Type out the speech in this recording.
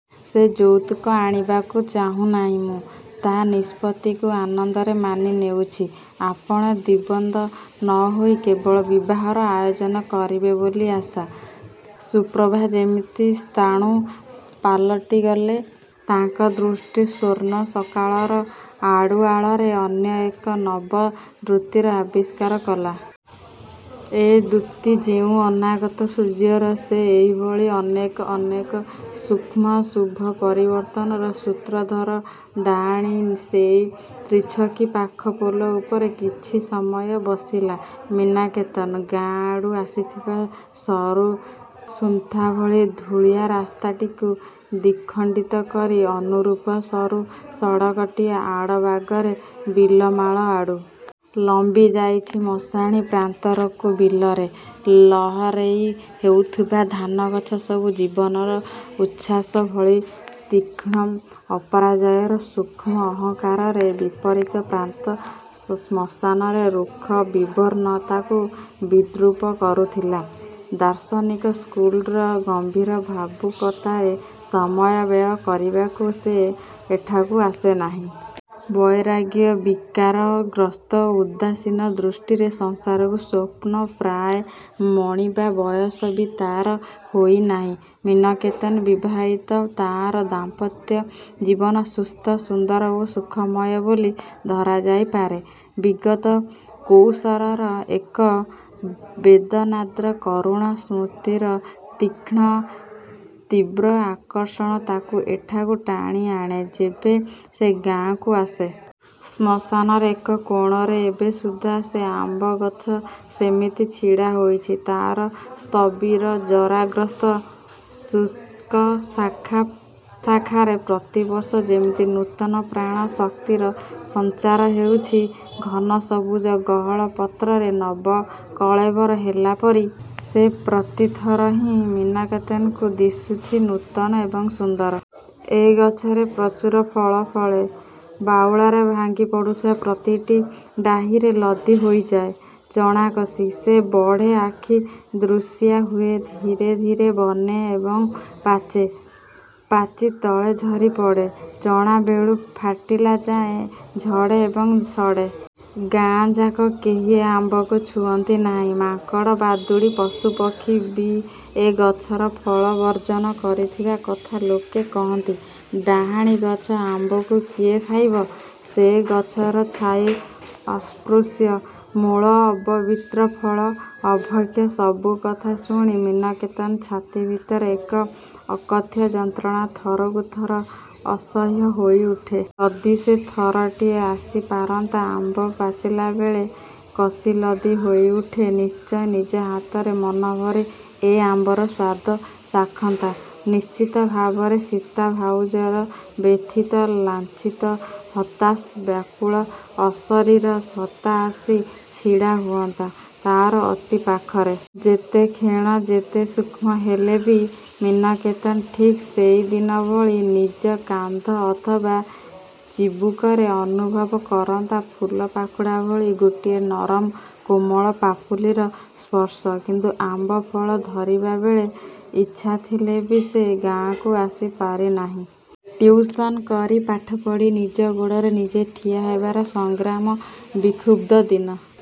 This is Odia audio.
ସେ ଯୌତୁକ ଆଣିବାକୁ ଚାହୁଁନାହିଁ ମୁଁ ତା' ନିଷ୍ପତ୍ତିକୁ ଆନନ୍ଦରେ ମାନି ନେଉଛି। ଆପଣ ଦ୍ୱିମତ ନ ହୋଇ କେବଳ ବିବାହର ଆୟୋଜନ କରିବେ ବୋଲି ଆଶା। ସୁପ୍ରଭା ଯେମିତି ସ୍ଥାଣୁ ପାଲଟିଗଲେ! ତାଙ୍କ ଦୃଷ୍ଟି ସ୍ୱର୍ଣ୍ଣ ସକାଳର ଆଢ଼ୁଆଳରେ ଅନ୍ୟ ଏକ ନବ ଦ୍ୟୁତିର ଆବିଷ୍କାର କଲା। ଏ ଦ୍ୟୁତି ଯେଉଁ ଅନାଗତ ସୂର୍ଯ୍ୟର-ସେ ଏହିଭଳି ଅନେକ ଅନେକ ସୂକ୍ଷ୍ମ ଶୁଭ ପରିବର୍ତ୍ତନର ସୂତ୍ରଧର-। ଡାଆଣୀ ସେଇ ତ୍ରିଛକି ପାଖ ପୋଲ ଉପରେ କିଛି ସମୟ ବସିଲା ମୀନକେତନ। ଗାଁ ଆଡ଼ୁ ଆସିଥିବା ସରୁ ସୁନ୍ଥା ଭଳି ଧୂଳିଆ-ରାସ୍ତାଟିକୁ ଦ୍ଵିଖଣ୍ଡିତ କରି ଅନୁରୂପ ସରୁ ସଡ଼କଟିଏ ଆଡ଼ ବାଗରେ ବିଲମାଳ ଆଡ଼ୁ। ଲମ୍ବି ଯାଇଛି ମଶାଣୀ ପ୍ରାନ୍ତରକୁ। ବିଲରେ ଲହରେଇ ହେଉଥିବା ଧାନଗଛ ସବୁ ଜୀବନର ଉଚ୍ଚ୍ୱାସ ଭଳି ତୀକ୍ଷ୍ଣ ଅପରାଜୟର ସୂକ୍ଷ୍ମ ଅହଂକାରରେ ବିପରୀତ ପ୍ରାନ୍ତ ଶ୍ମଶାନର ରୁକ୍ଷ ବିବର୍ଣ୍ଣତାକୁ ବିଦ୍ରୂପ କରୁଥିଲା। ଦାର୍ଶନିକ ସ୍କୁଲର ଗମ୍ଭୀର ଭାବୁକତାରେ ସମୟ ବ୍ୟୟ କରିବାକୁ ସେ ଏଠାକୁ ଆସେ ନାହିଁ। ବୈରାଗ୍ୟ ବିକାର ଗ୍ରସ୍ତ ଉଦାସୀନ ଦୃଷ୍ଟିରେ ସଂସାରକୁ ସ୍ୱପ୍ନ ପ୍ରାୟ ମଣିବା ବୟସ ବି ତା'ର ହୋଇ ନାହିଁ। ମୀନକେତନ ବିବାହିତ। ତା'ର ଦାମ୍ପତ୍ୟ ଜୀବନ ସୁସ୍ଥ, ସୁନ୍ଦର ଓ ସୁଖମୟ ବୋଲି ଧରାଯାଇ ପାରେ। ବିଗତ କୈଶୋରର ଏକ ବେଦନାଦ୍ର କରୁଣ ସ୍ମୃତିର ତୀକ୍ଷ୍ଣ ତୀବ୍ର ଆକର୍ଷଣ ତାକୁ ଏଠାକୁ ଟାଣି ଆଣେ ଯେବେ ସେ ଗାଁକୁ ଆସେ। ଶ୍ମଶାନର ଏ କୋଣରେ ଏବେ ସୁଦ୍ଧା ସେ ଆମ୍ୱ ଗଛ ସେମିତି ଛିଡ଼ା ହୋଇଛି। ତା'ର ସ୍ଥବିର, ଜରାଗ୍ରସ୍ତ, ଶୁଷ୍କ ଶାଖା ପ୍ରଶାଖାରେ ପ୍ରତିବର୍ଷ ଯେମିତି ନୂତନ ପ୍ରାଣ ଶକ୍ତିର ସଞ୍ଚାର ହେଉଛି। ଘନ ସବୁଜ ଗହଳ ପତ୍ରରେ ନବ କଳେବର ହେଲାପରି ସେ ପ୍ରତିଥର ହିଁ ମୀନକେତନକୁ ଦିଶୁଛି ନୂତନ ଏବଂ ସୁନ୍ଦର। ଏ ଗଛରେ ପ୍ରଚୁର ଫଳ ଫଳେ। ବାଉଳାରେ ଭାଙ୍ଗି ପଡ଼ୁଥିବା ପ୍ରତିଟି ଡାହିରେ ଲଦି ହୋଇଯାଏ ଚଣା କଷି। ସେ ବଢ଼େ, ଆଖି ଦୁର୍ଶିଆ ହୁଏ। ଧୀରେ ଧୀରେ ବନେ ଏବଂ ପାଚେ। ପାଚି ତଳେ ଝରି ପଡ଼େ। ଚଣା ବେଳୁ ପାଟିଲା ଯାଏ ଝଡ଼େ ଏବଂ ଶଢ଼େ। ଗାଁ ଯାକ କେହି ଏ ଆମ୍ବକୁ ଛୁଅନ୍ତି ନାହିଁ। ମାଙ୍କଡ଼ ବାଦୁଡ଼ି, ପଶୁପକ୍ଷୀ ବି ଏ ଗଛର ଫଳ ବର୍ଜନ କରିଥିବା କଥା ଲୋକେ କହନ୍ତି। ଡାଆଣୀ ଗଛ ଆମ୍ବକୁ କିଏ ଖାଇବ? ସେ ଗଛର ଛାଇ ଅସ୍ପୃଶ୍ୟ, ମୂଳଅପବିତ୍ର, ଫଳ ଅଭକ୍ଷ୍ୟ। ସବୁକଥା ଶୁଣି ମୀନକେତନ ଛାତି ଭିତରେ ଏକ ଅକଥ୍ୟ ଯନ୍ତ୍ରଣା ଥରକୁ ଥର ଅସହ୍ୟ ହୋଇ ଉଠେ। ଯଦି ସେ ଥରଟିଏ ଆସିପାରନ୍ତା ଆମ୍ବ ପାଚିଲାବେଳେ କଷି ଲଦି ହୋଇ ଉଠେ-। ନିଶ୍ଚୟ ନିଜ ହାତରେ ମନଭରି ଏ ଆମ୍ବର ସ୍ୱାଦ ଚାଖନ୍ତା। ନିଶ୍ଚିତ ଭାବରେ ସୀତା ଭାଉଜର ବ୍ୟଥିତ, ଲାଞ୍ଛିତ, ହତାଶ, ବ୍ୟାକୁଳ, ଅଶରୀରୀ ସତ୍ତା ଆସି ଛିଡ଼ା ହୁଅନ୍ତା ତା'ର ଅତି ପାଖରେ। ଯେତେ କ୍ଷୀଣ, ଯେତେ ସୂକ୍ଷ୍ମ ହେଲେ ବି ମୀନକେତନ ଠିକ୍ ସେଇ ଦିନ ଭଳି ନିଜ କାନ୍ଧ ଅଥବା ଚିବୁକରେ ଅନୁଭବ କରନ୍ତା ଫୁଲ ପାଖୁଡ଼ା ଭଳି ଗୋଟିଏ ନରମ କୋମଳ ପାପୁଲିର ସ୍ପର୍ଶ। କିନ୍ତୁ ଆମ୍ବ ଫଳ ଧରିବା ବେଳେ ଇଚ୍ଛାଥିଲେ ବି ସେ ଗାଁକୁ ଆସି ପାରିନାହିଁ। ଟିଉସନ କରି ପାଠ ପଢି ନିଜ ଗୋଡ଼ରେ ନିଜେ ଠିଆ ହେବାର ସଂଗ୍ରାମ ବିକ୍ଷୁବ୍ଧ ଦିନ